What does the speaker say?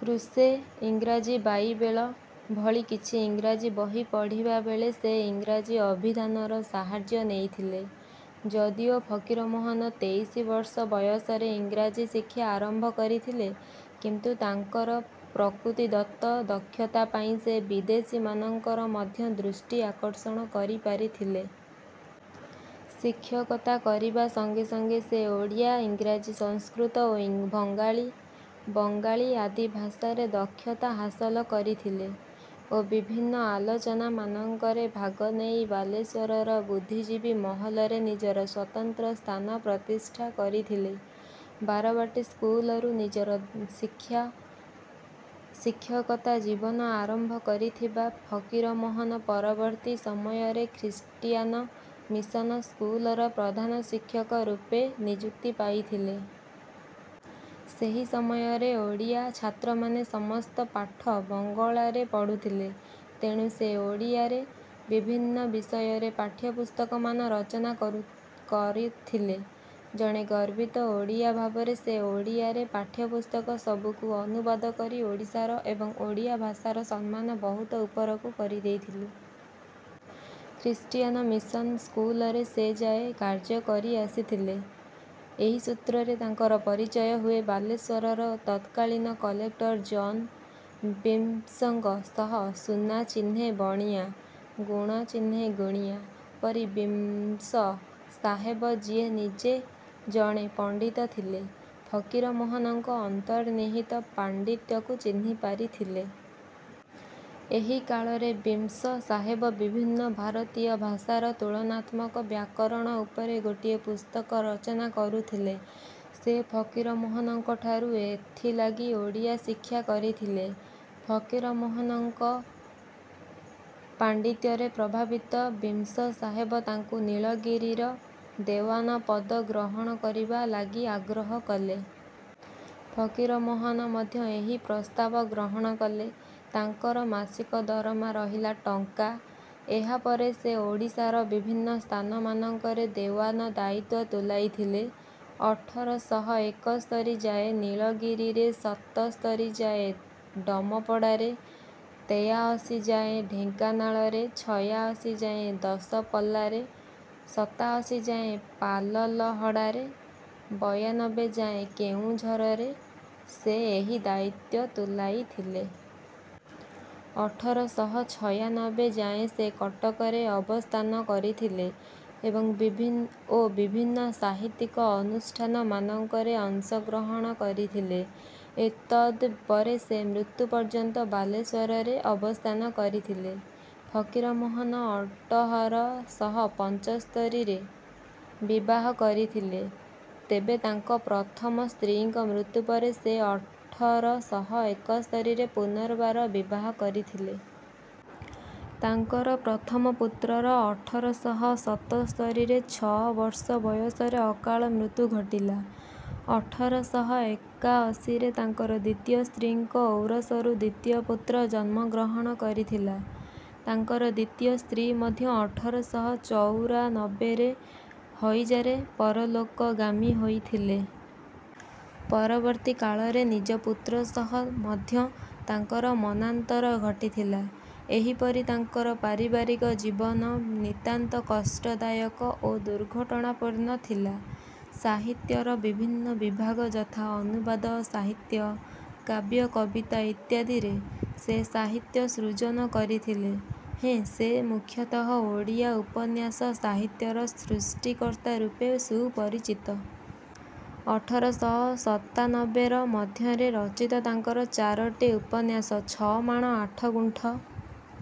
କୃଷେ, ଇଂରାଜୀ ବାଇବେଳ ଭଳି କିଛି ଇଂରାଜୀ ବହି ପଢ଼ିବା ବେଳେ ସେ ଇଂରାଜୀ ଅଭିଧାନର ସାହାଯ୍ୟ ନେଇଥିଲେ। ଯଦିଓ ଫକୀରମୋହନ ତେଇଶି ବର୍ଷ ବୟସରେ ଇଂରାଜୀ ଶିକ୍ଷା ଆରମ୍ଭ କରିଥିଲେ, କିନ୍ତୁ ତାଙ୍କର ପ୍ରକୃତିଦତ୍ତ ଦକ୍ଷତା ପାଇଁ ସେ ବିଦେଶୀମାନଙ୍କର ମଧ୍ୟ ଦୃଷ୍ଟି ଆକର୍ଷଣ କରିପାରିଥିଲେ। ଶିକ୍ଷକତା କରିବା ସଙ୍ଗେ ସଙ୍ଗେ ସେ ଓଡ଼ିଆ, ଇଂରାଜୀ, ସଂସ୍କୃତ ଓ ବଙ୍ଗାଳୀ ଆଦି ଭାଷାରେ ଦକ୍ଷତା ହାସଲ କରିଥିଲେ ଓ ବିଭିନ୍ନ ଆଲୋଚନାମାନଙ୍କରେ ଭାଗ ନେଇ ବାଲେଶ୍ୱରର ବୁଦ୍ଧିଜୀବି ମହଲରେ ନିଜର ସ୍ୱତନ୍ତ୍ର ସ୍ଥାନ ପ୍ରତିଷ୍ଠା କରିଥିଲେ। ବାରବାଟୀ ସ୍କୁଲରୁ ନିଜର ଶିକ୍ଷକତା ଜୀବନ ଆରମ୍ଭ କରିଥିବା ଫକୀରମୋହନ ପରବର୍ତ୍ତୀ ସମୟରେ ଖ୍ରୀଷ୍ଟୀଆନ ମିଶନ ସ୍କୁଲର ପ୍ରଧାନଶିକ୍ଷକ ରୂପେ ନିଯୁକ୍ତି ପାଇଥିଲେ। ସେହି ସମୟରେ ଓଡ଼ିଆ ଛାତ୍ରମାନେ ସମସ୍ତ ପାଠ ବଙ୍ଗଳାରେ ପଢ଼ୁଥିଲେ, ତେଣୁ ସେ ଓଡ଼ିଆରେ ବିଭିନ୍ନ ବିଷୟରେ ପାଠ୍ୟପୁସ୍ତକମାନ ରଚନା କରଥିଲେ। ଜଣେ ଗର୍ବିତ ଓଡ଼ିଆ ଭାବରେ ସେ ଓଡ଼ିଆରେ ପାଠ୍ୟପୁସ୍ତକ ସବୁକୁ ଅନୁବାଦ କରି ଓଡ଼ିଶାର ଏବଂ ଓଡ଼ିଆ ଭାଷାର ସମ୍ମାନ ବହୁତ ଉପରକୁ କରିଦେଇଥିଲେ। ଖ୍ରୀଷ୍ଟୀଆନ ମିଶନ ସ୍କୁଲରେ ସେ ଯାଏ କାର୍ଯ୍ୟ କରିଆସିଥିଲେ। ଏହି ସୂତ୍ରରେ ତାଙ୍କର ପରିଚୟ ହୁଏ ବାଲେଶ୍ୱରର ତତ୍କାଳୀନ କଲେକ୍ଟର ଜନ୍ ବିମ୍ସଙ୍କ ସହ 'ସୁନା ଚିହ୍ନେ ବଣିଆ, ଗୁଣ ଚିହ୍ନେ ଗୁଣିଆ' ପରି ବିମ୍ସ ସାହେବ ଯିଏ ନିଜେ ଜଣେ ପଣ୍ଡିତ ଥିଲେ, ଫକୀରମୋହନଙ୍କ ଅନ୍ତର୍ନିହିତ ପାଣ୍ଡିତ୍ୟକୁ ଚିହ୍ନିପାରିଥିଲେ। ଏହି କାଳରେ ବିମ୍ସ ସାହେବ ବିଭିନ୍ନ ଭାରତୀୟ ଭାଷାର ତୁଳନାତ୍ମକ ବ୍ୟାକରଣ ଉପରେ ଗୋଟିଏ ପୁସ୍ତକ ରଚନା କରୁଥିଲେ। ସେ ଫକୀରମୋହନଙ୍କଠାରୁ ଏଥିଲାଗି ଓଡ଼ିଆ ଶିକ୍ଷା କରିଥିଲେ। ଫକୀରମୋହନଙ୍କ ପାଣ୍ଡିତ୍ୟରେ ପ୍ରଭାବିତ ବିମ୍ସ ସାହେବ ତାଙ୍କୁ ନୀଳଗିରିର ଦେୱାନ ପଦ ଗ୍ରହଣ କରିବା ଲାଗି ଆଗ୍ରହ କଲେ। ଫକୀରମୋହନ ମଧ୍ୟ ଏହି ପ୍ରସ୍ତାବ ଗ୍ରହଣ କଲେ। ତାଙ୍କର ମାସିକ ଦରମା ରହିଲା ଟଙ୍କା। ଏହା ପରେ ସେ ଓଡ଼ିଶାର ବିଭିନ୍ନ ସ୍ଥାନମାନଙ୍କରେ ଦେୱାନ ଦାୟିତ୍ୱ ତୁଲାଇଥିଲେ। ଅଠର ଶହ ଏକସ୍ତରୀ ଯାଏଁ ନୀଳଗିରିରେ, ସତସ୍ତରୀ ଯାଏଁ ଡମପଡାରେ, ତେୟାଅଶି ଯାଏଁ ଢେଙ୍କାନାଳରେ, ଛୟାଅଶି ଯାଏଁ ଦଶପଲ୍ଲାରେ, ଶତାଅଶି ଯାଏଁ ପାଲଲହଡ଼ାରେ, ବୟାନବେ ଯାଏଁ କେଉଁଝରରେ ସେ ଏହି ଦାୟିତ୍ୱ ତୁଲାଇଥିଲେ। ଅଠର ଶହ ଛୟାନବେ ଯାଏଁ ସେ କଟକରେ ଅବସ୍ଥାନ କରିଥିଲେ ଓ ବିଭିନ୍ନ ସାହିତ୍ୟିକ ଅନୁଷ୍ଠାନମାନଙ୍କରେ ଅଂଶଗ୍ରହଣ କରିଥିଲେ। ଏତଦ୍ ପରେ ସେ ମୃତ୍ୟୁ ପର୍ଯ୍ୟନ୍ତ ବାଲେଶ୍ୱରରେ ଅବସ୍ଥାନ କରିଥିଲେ। ଫକୀରମୋହନ ଅଟହର ଶହ ପଞ୍ଚସ୍ତରୀରେ ବିବାହ କରିଥିଲେ। ତେବେ ତାଙ୍କ ପ୍ରଥମ ସ୍ତ୍ରୀଙ୍କ ମୃତ୍ୟୁ ପରେ ସେ ଅଠର ଶହ ଏକସ୍ତରୀରେ ପୁନର୍ବାର ବିବାହ କରିଥିଲେ। ତାଙ୍କର ପ୍ରଥମ ପୁତ୍ରର ଅଠର ଶହ ସତସ୍ତରୀରେ ଛ' ବର୍ଷ ବୟସରେ ଅକାଳ ମୃତ୍ୟୁ ଘଟିଲା। ଅଠର ଶହ ଏକାଅଶିରେ ତାଙ୍କର ଦ୍ୱିତୀୟ ସ୍ତ୍ରୀଙ୍କ ଔରସରୁ ଦ୍ୱିତୀୟ ପୁତ୍ର ଜନ୍ମଗ୍ରହଣ କରିଥିଲା। ତାଙ୍କର ଦ୍ୱିତୀୟ ସ୍ତ୍ରୀ ମଧ୍ୟ ଅଠର ଶହ ଚଉରାନବେରେ ହଇଜାରେ ପରଲୋକଗାମୀ ହୋଇଥିଲେ। ପରବର୍ତ୍ତୀ କାଳରେ ନିଜ ପୁତ୍ର ସହ ମଧ୍ୟ ତାଙ୍କର ମନାନ୍ତର ଘଟିଥିଲା। ଏହିପରି ତାଙ୍କର ପାରିବାରିକ ଜୀବନ ନିତାନ୍ତ କଷ୍ଟଦାୟକ ଓ ଦୁର୍ଘଟଣାପୂର୍ଣ୍ଣ ଥିଲା। ସାହିତ୍ୟର ବିଭିନ୍ନ ବିଭାଗ ଯଥା ଅନୁବାଦ ସାହିତ୍ୟ, କାବ୍ୟ-କବିତା ଇତ୍ୟାଦିରେ ସେ ସାହିତ୍ୟ ସୃଜନ କରିଥିଲେ ହେଁ ସେ ମୁଖ୍ୟତଃ ଓଡ଼ିଆ ଉପନ୍ୟାସ ସାହିତ୍ୟର ସୃଷ୍ଟିକର୍ତ୍ତା ରୂପେ ସୁପରିଚିତ। ଅଠର ଶହ ସତାନବେର ମଧ୍ୟରେ ରଚିତ ତାଙ୍କର ଚାରୋଟି ଉପନ୍ୟାସ 'ଛ' ମାଣ ଆଠ ଗୁଣ୍ଠ',